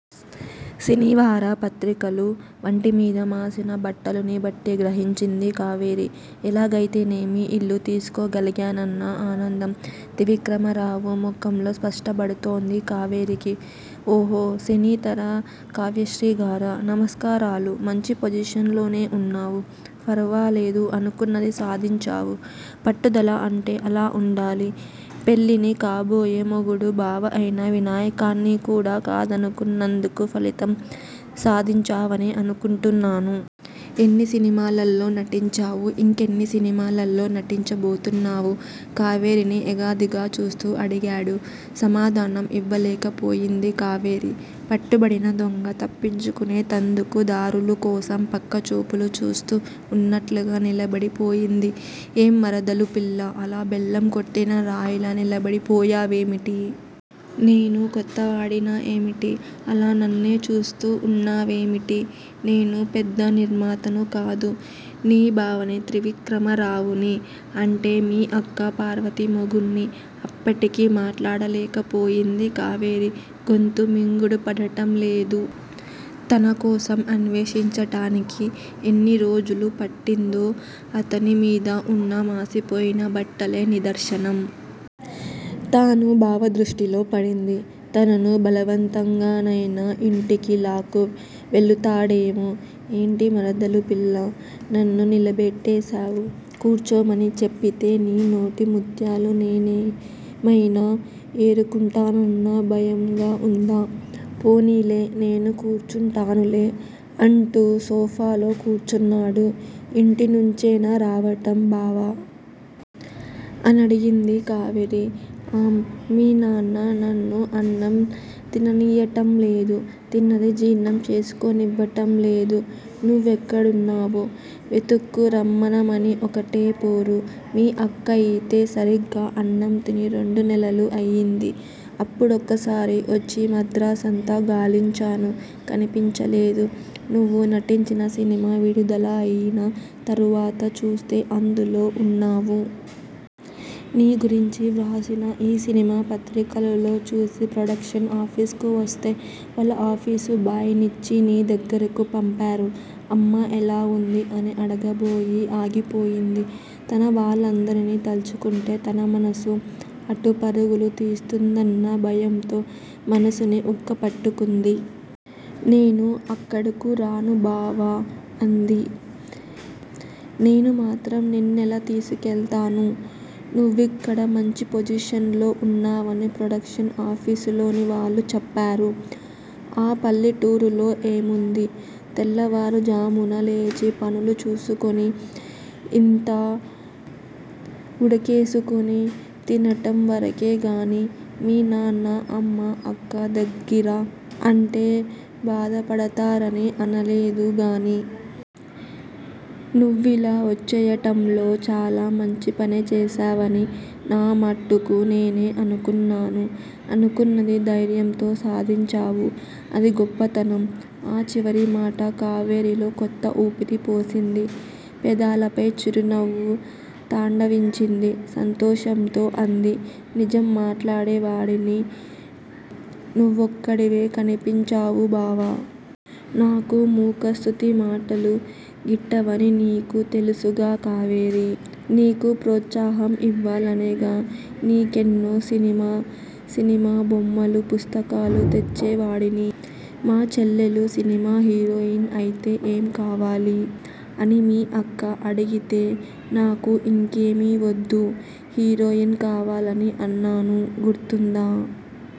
సినీవార పత్రికలు, వంటి మీద మాసిన బట్టలుని బట్టి గ్రహించింది కావేరి. ఎలాగయితేనేమి? ఇల్లు తెలుసుకోగలిగానన్న ఆనందం త్రివిక్రమరావు ముఖంలో స్పష్టపడుతోంది కావేరీకి. ఓహో? సినీతరా కావ్యశ్రీగారా? నమస్కారాలు! మంచి పొజిషన్ లోనే వున్నావు. ఫరవాలేదు! అనుకున్నది సాధించావు. పట్టుదల అంటే అలా వుండాలి! పెళ్లిని, కాబోయే మొగుడూ బావ అయినా వినాయకాన్ని కూడా కాదనుకున్నందుకు ఫలితం సాధించావనే అనుకుంటున్నాను. ఎన్ని సినిమాలల్లో నటించావు? ఇంకెన్ని సినిమాలల్లో నటించబోతున్నావు? కావేరీని ఎగాదిగా చూస్తూ అడిగాడు. సమాధానం ఇవ్వలేకపోయింది కావేరి. పట్టుబడిన దొంగ తప్పించుకునేతందుకు దారులు కోసం పక్క చూపులు చూస్తూ వున్నట్లుగా నిలబడి పోయింది. ఏం మరదలు పిల్లా? అలా బెల్లం కొట్టిన రాయిలా నిలబడి పోయావేమిటి? నేను కొత్తవాడినా ఏమిటి? అలా నన్నే చూస్తూ వున్నావేమిటి? నేను పెద్ద నిర్మాతను కాదు! నీ బావని త్రివిక్రమరావుని! అంటే మీ అక్క పార్వతి మొగుడ్ని! అప్పటికీ మాట్లాడలేక పోయింది కావేరి! గొంతు మింగుడు పడటం లేదు. తన కోసం అన్వేషించటానికి ఎన్ని రోజులు పట్టిందో అతని మీద వున్న మాసిపోయిన బట్టలే నిదర్శనం! తాను బావ దృష్టిలో పడింది, తనను బలవంతంగా నయినా యింటికి లాక్కు వెళ్ళుతాడేమో? ఏంటి మరదలు పిల్లా? నన్ను నిలబెట్టేశావు? కూర్చోమని చెప్పితే నీ నోటి ముత్యాలు నేనేమయినా ఏరుకుంటానన్న భయంగా వుందా? పోనీలే నేను కూర్చుంటానులే! అంటూ సోఫాలో కూర్చున్నాడు. ఇంటినుంచేనా రావటం బావా? అనడిగింది కావెరి. ఆఁ మీ నాన్న నన్ను అన్నం తిననీయటం లేదు! తిన్నది జీర్ణం చేసుకోనివ్వటం లేదు! నువ్వెక్కడున్నావో? వెతుక్కు రమ్మనమని ఒక్కటే పోరు! మీ అక్కయితే సరిగ్గా అన్నంతిని రెండు నెలలు అయింది. అప్పుడొక్కసారి వచ్చి మద్రాసంతా గాలించాను. కనిపించలేదు. నువ్వు నటించిన సినిమా విడుదల అయిన తరువాత చూస్తే అందులో వున్నావు. నీ గురించి వ్రాసిన ఈ సినిమా పత్రికలులో చూసి ప్రొడక్షన్ ఆఫీసుకు వస్తే వాళ్ళ ఆఫీసు బాయ్ నిచ్చి నీ దగ్గిరకు పంపారు. అమ్మ ఎలా వుంది? అని అడగబోయి ఆగిపోయింది. తన వాళ్ళందరినీ తలుచుకుంటే తన మనసు అటు పరుగులు తీస్తుందన్న భయంతో మనసుని ఉగ్గపట్టుకుంది. నేను అక్కడకు రాను బావా! అంది. నేనుమాత్రం నిన్నెలా తీసుకెల్తాను? నువ్విక్కడ మంచి పొజిషన్ లో వున్నావని ప్రొడక్షన్ ఆఫీసులోని వాళ్ళు చెప్పారు. ఆ పల్లెటూరులో ఏముంది? తెల్లవారుఝామున లేచి పనులు చూసుకొని ఇంత ఉడకేసుకుని తినటం వరకే గాని! మీ నాన్న అమ్మ అక్క దగ్గిర అంటే బాధపడతారని అనలేదు గాని! నువ్విలా వచ్చేయటంలో చాలా మంచి పనే చేశావని నా మట్టుకు నేనే అనుకున్నాను. అనుకున్నది ధైర్యంతో సాధించావు. అది గొప్పతనం. ఆ చివరి మాట కావేరిలో కొత్త ఊపిరి పోసింది. పెదాలపై చిరునవ్వు తాండవించింది. సంతోషంతో అంది. నిజం మాట్లాడే వాడిని నువ్వొక్కడివే కనిపించావు బావా! నాకూ మూఖస్సుతి మాటలు గిట్టవని నీకూ తెలుసుగా కావేరీ? నీకు ప్రోత్సాహం ఇవ్వలనేగా నీకెన్నో సినిమా సినిమా బొమ్మలు పుస్తకాలు తెచ్చేవాడిని! మా చెల్లెలు సినిమా హీరోయిన్ అయితే ఏం కావాలి? అని మీ అక్క అడిగితే, నాకు ఇంకేమీ వద్దు. హీరోయిన్ కావాలని అన్నాను గుర్తుందా?